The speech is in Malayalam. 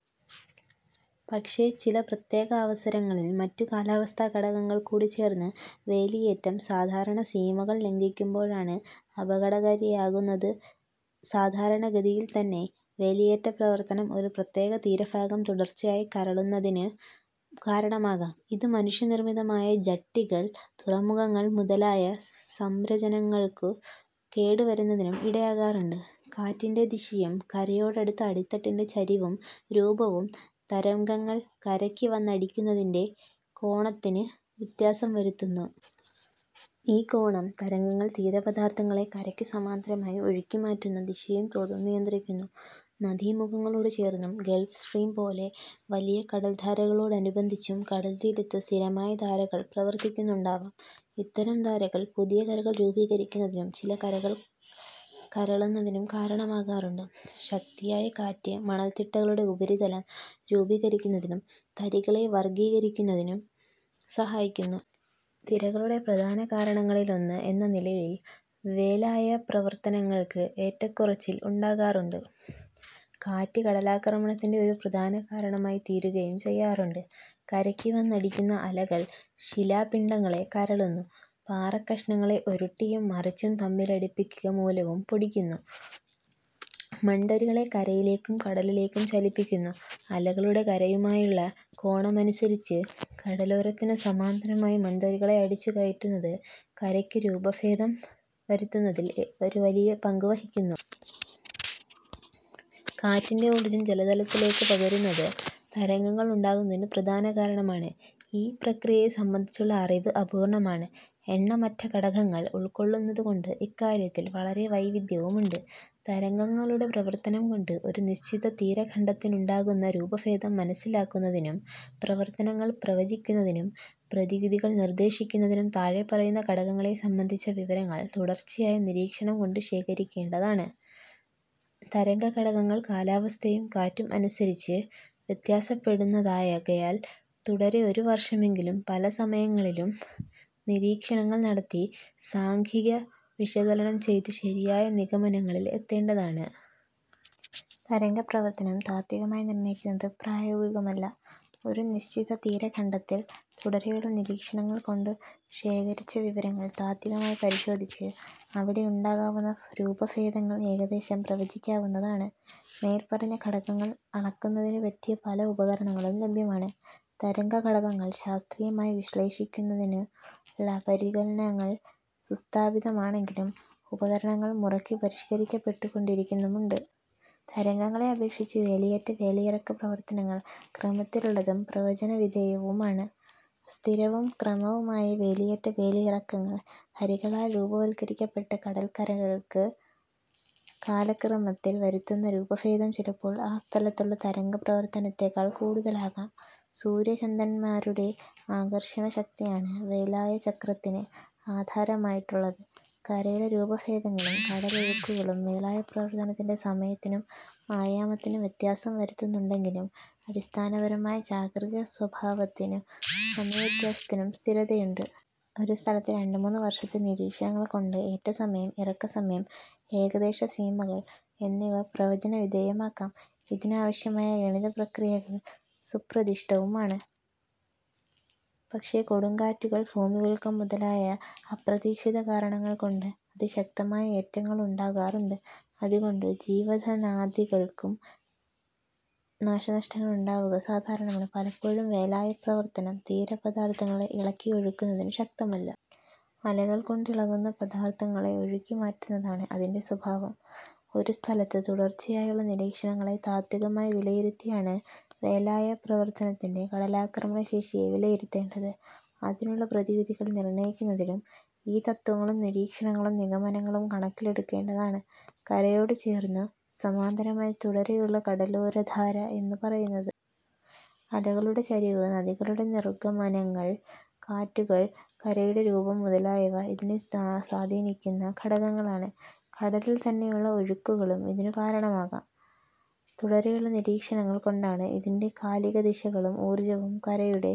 പക്ഷേ ചില പ്രത്യേകാവസരങ്ങളിൽ മറ്റു കാലാവസ്ഥാഘടകങ്ങൾകൂടി ചേർന്ന് വേലിയേറ്റം സാധാരണ സീമകൾ ലംഘിക്കുമ്പോഴാണ് അപകടകാരിയാകുന്നത് സാധാരണഗതിയിൽത്തന്നെ വേലിയേറ്റപ്രവർത്തനം ഒരു പ്രത്യേക തീരഭാഗം തുടർച്ചയായി കരളുന്നതിനു കാരണമാകാം. ഇതു മനുഷ്യനിർമിതമായ ജട്ടികൾ, തുറമുഖങ്ങൾ മുതലായ സംരചനകൾക്ക് കേടു വരുന്നതിനും ഇടയാകാറുണ്ട്. കാറ്റിന്റെ ദിശയും കരയോടടുത്ത അടിത്തട്ടിന്റെ ചരിവും രൂപവും തരംഗങ്ങൾ കരയ്ക്ക് വന്നടിക്കുന്നതിന്റെ കോണത്തിന് വ്യത്യാസം വരുത്തുന്നു. ഈ കോണം, തരംഗങ്ങൾ തീരപദാർഥങ്ങളെ കരയ്ക്കു സമാന്തരമായി ഒഴുക്കി മാറ്റുന്ന ദിശയും തോതും നിയന്ത്രിക്കുന്നു. നദീമുഖങ്ങളോടു ചേർന്നും, ഗൾഫ് സ്ട്രീം പോലെ വലിയ കടൽധാരകളോടനുബന്ധിച്ചും കടൽത്തീരത്ത് സ്ഥിരമായ ധാരകൾ പ്രവർത്തിക്കുന്നുണ്ടാവാം. ഇത്തരം ധാരകൾ പുതിയ കരകൾ രൂപീകരിക്കുന്നതിനും ചില കരകൾ കരളുന്നതിനും കാരണമാകാറുണ്ട്. ശക്തിയായ കാറ്റ് മണൽതിട്ടകളുടെ ഉപരിതലം രൂപീകരിക്കുന്നതിനും തരികളെ വർഗീകരിക്കുന്നതിനും സഹായിക്കുന്നു. തിരകളുടെ പ്രധാന കാരണങ്ങളിലൊന്ന് എന്നനിലയിൽ വേലായപ്രവർത്തനങ്ങൾക്ക് ഏറ്റക്കുറച്ചിൽ ഉണ്ടാകാറുണ്ട്. കാറ്റ് കടലാക്രമണത്തിന്റെ ഒരു പ്രധാന കാരണമായി തീരുകയും ചെയ്യാറുണ്ട്. കരയ്ക്കു വന്നടിക്കുന്ന അലകൾ ശിലാപിണ്ഡങ്ങളെ കരളുന്നു, പാറക്കഷണങ്ങളെ ഉരുട്ടിയും മറിച്ചും തമ്മിലടിപ്പിക്കുക മൂലവും പൊടിക്കുന്നു. മൺതരികളെ കരയിലേക്കും കടലിലേക്കും ചലിപ്പിക്കുന്നു. അലകളുടെ കരയുമായുള്ള കോണമനുസരിച്ച് കടലോരത്തിനു സമാന്തരമായി മൺതരികളെ അടിച്ചു കയറ്റുന്നത് കരയ്ക്കു രൂപഭേദം വരുത്തുന്നതിൽ ഒരു വലിയ പങ്കു വഹിക്കുന്നു. കാറ്റിന്റെ ഊർജ്ജം ജലതലത്തിലേക്ക് പകരുന്നത് തരംഗങ്ങൾ ഉണ്ടാകുന്നതിന് പ്രധാന കാരണമാണ്. ഈ പ്രക്രിയയെ സംബന്ധിച്ചുള്ള അറിവ് അപൂർണമാണ്. എണ്ണമറ്റ ഘടകങ്ങൾ ഉൾക്കൊള്ളുന്നത്കൊണ്ട് ഇക്കാര്യത്തിൽ വളരെ വൈവിധ്യവുമുണ്ട്. തരംഗങ്ങളുടെ പ്രവർത്തനം കൊണ്ട് ഒരു നിശ്ചിത തീരഖണ്ഡത്തിനുണ്ടാകുന്ന രൂപഭേദം മനസ്സിലാക്കുന്നതിനും, പ്രവർത്തനങ്ങൾ പ്രവചിക്കുന്നതിനും, പ്രധിവിധികൾ നിർദ്ദേശിക്കുന്നതിനും താഴെപ്പറയുന്ന ഘടകങ്ങളെ സംബന്ധിച്ച വിവരങ്ങൾ തുടർച്ചയായ നിരീക്ഷണം കൊണ്ട് ശേഖരിക്കേണ്ടതാണ്: തരംഗഘടകങ്ങൾ കാലാവസ്ഥയും കറ്റും അനുസരിച്ച് വ്യത്യാസപ്പെടുന്നതാകയാൽ തുടരെ ഒരു വർഷമെങ്കിലും പലസമയങ്ങളിലും നിരീക്ഷണങ്ങൾ നടത്തി സാംഖ്യിക വിശകലനം ചെയ്തു ശരിയായ നിഗമനങ്ങളിൽ എത്തേണ്ടതാണ്. തരംഗപ്രവർത്തനം താത്വികമായി നിർണയിക്കുന്നത് പ്രായോഗികമല്ല. ഒരു നിശ്ചിത തീരഖണ്ഡത്തിൽ തുടരെയുള്ള നിരീക്ഷണങ്ങൾ കൊണ്ടു ശേഖരിച്ച വിവരങ്ങൾ താത്വികമായി പരിശോധിച്ച് അവിടെ ഉണ്ടാകാവുന്ന രൂപഭേദങ്ങൾ ഏകദേശം പ്രവചിക്കാവുന്നതാണ്. മേൽപ്പറഞ്ഞ ഘടകങ്ങൾ അളക്കുന്നതിനു പറ്റിയ പല ഉപകരണങ്ങളും ലഭ്യമാണ്. തരംഗഘടകങ്ങൾ ശാസ്ത്രീയമായി വിശ്ലേഷിക്കുന്നതിനുള്ള പരികലനങ്ങൾ സുസ്ഥാപിതമാണെങ്കിലും ഉപകരണങ്ങൾ മുറയ്ക്കു പരിഷ്ക്കരിക്കപ്പെട്ടുകൊണ്ടിരിക്കുന്നുമുണ്ട്.. തരംഗങ്ങളെ അപേക്ഷിച്ച് വേലിയേറ്റ--വേലിയിറക്ക പ്രവർത്തനങ്ങൾ ക്രമത്തിലുള്ളതും പ്രവചന വിധേയവുമാണ്. സ്ഥിരവും ക്രമവുമായ വേലിയേറ്റ--വേലിയിറക്കങ്ങൾ തരികളാൽ രൂപവത്കരിക്കപ്പെട്ട കടൽക്കരകൾക്ക് കാലക്രമത്തിൽ വരുത്തുന്ന രൂപഭേദം ചിലപ്പോൾ ആ സ്ഥലത്തുള്ള തരംഗപ്രവർത്തനത്തെക്കാൾ കൂടുതലാകാം. സൂര്യ ചന്ദ്രന്മാരുടെ ആകർഷണ ശക്തിയാണ് വേലായചക്രത്തിന് ആധാരമായിട്ടുള്ളത്. കരയുടെ രൂപഭേദങ്ങളും കടലൊഴുക്കുകളും വേലായപ്രവർത്തനത്തിന്റെ സമയത്തിനും ആയാമത്തിനും വ്യത്യാസം വരുത്തുന്നുണ്ടെങ്കിലും അടിസ്ഥാനപരമായ ചാക്രിക സ്വഭാവത്തിനും സമയവ്യത്യാസത്തിനും സ്ഥിരതയുണ്ട്. ഒരുസ്ഥലത്ത് രണ്ടു മൂന്നു വർഷത്തെ നിരീക്ഷണങ്ങൾ കൊണ്ട് ഏറ്റസമയം, ഇറക്കസമയം ഏകദേശ സീമകൾ എന്നിവ പ്രവചന വിധേയമാക്കാം. ഇതിനവശ്യമായ ഗണിത പ്രക്രിയകൾ സുപ്രതിഷ്ഠിതവുമാണ്. പക്ഷേ കൊടുംകാറ്റുകൾ, ഭൂമികുലുക്കം മുതലായ അപ്രതീക്ഷിത കാരണങ്ങൾ കൊണ്ട് അതിശക്തമായ ഏറ്റങ്ങൾ ഉണ്ടാകാറുണ്ട്. അതുകൊണ്ട് ജീവധനാദികൾക്കും നാശനഷ്ടങ്ങൾ ഉണ്ടാവുക സാധാരണമാണ്. പലപ്പോഴും വേലായപ്രവർത്തനം തീരപദാർത്ഥങ്ങളെ ഇളക്കി ഒഴുക്കുന്നതിനു ശക്തമല്ല. അലകൾകൊണ്ട് ഇളകുന്ന പദാർഥങ്ങളെ ഒഴുക്കി മാറ്റുന്നതാണ് അതിന്റെ സ്വഭാവം. ഒരു സ്ഥലത്ത് തുടർച്ചയായുള്ള നിരീക്ഷണങ്ങളെ താത്വികമായി വിലയിരുത്തിയാണ് വേലായപ്രവർത്തനത്തിന്റെ കടലാക്രമണ ശേഷിയെ വിലയിരുത്തേണ്ടത്. അതിനുള്ള പ്രതിവിധികൾ നിർണയിക്കുന്നതിലും ഈ തത്ത്വങ്ങളും നിരീക്ഷണങ്ങളും നിഗമനങ്ങളും കണക്കിലെടുക്കേണ്ടതാണ്. കരയോടു ചേർന്നു കാലികമായോ സ്ഥിരമായോ ഏകദേശം കരയ്ക്കു സമാന്തരമായി തുടരെയുള്ള കടലോരധാര എന്നു പറയുന്നത്. അലകളുടെ ചരിവ്, നദികളുടെ നിർഗമനങ്ങൾ, കാറ്റുകൾ, കരയുടെ രൂപം മുതലായവ ഇതിനെ സ്വാധീനിക്കുന്ന ഘടകങ്ങളാണ്. കടലിൽ തന്നെയുള്ള ഒഴുക്കുകളും ഇതിനു കാരണമാകാം. തുടരെയുള്ള നിരീക്ഷണങ്ങൾ കൊണ്ടാണ് ഇതിന്റെ കാലികദിശകളും, ഊർജവും കരയുടെ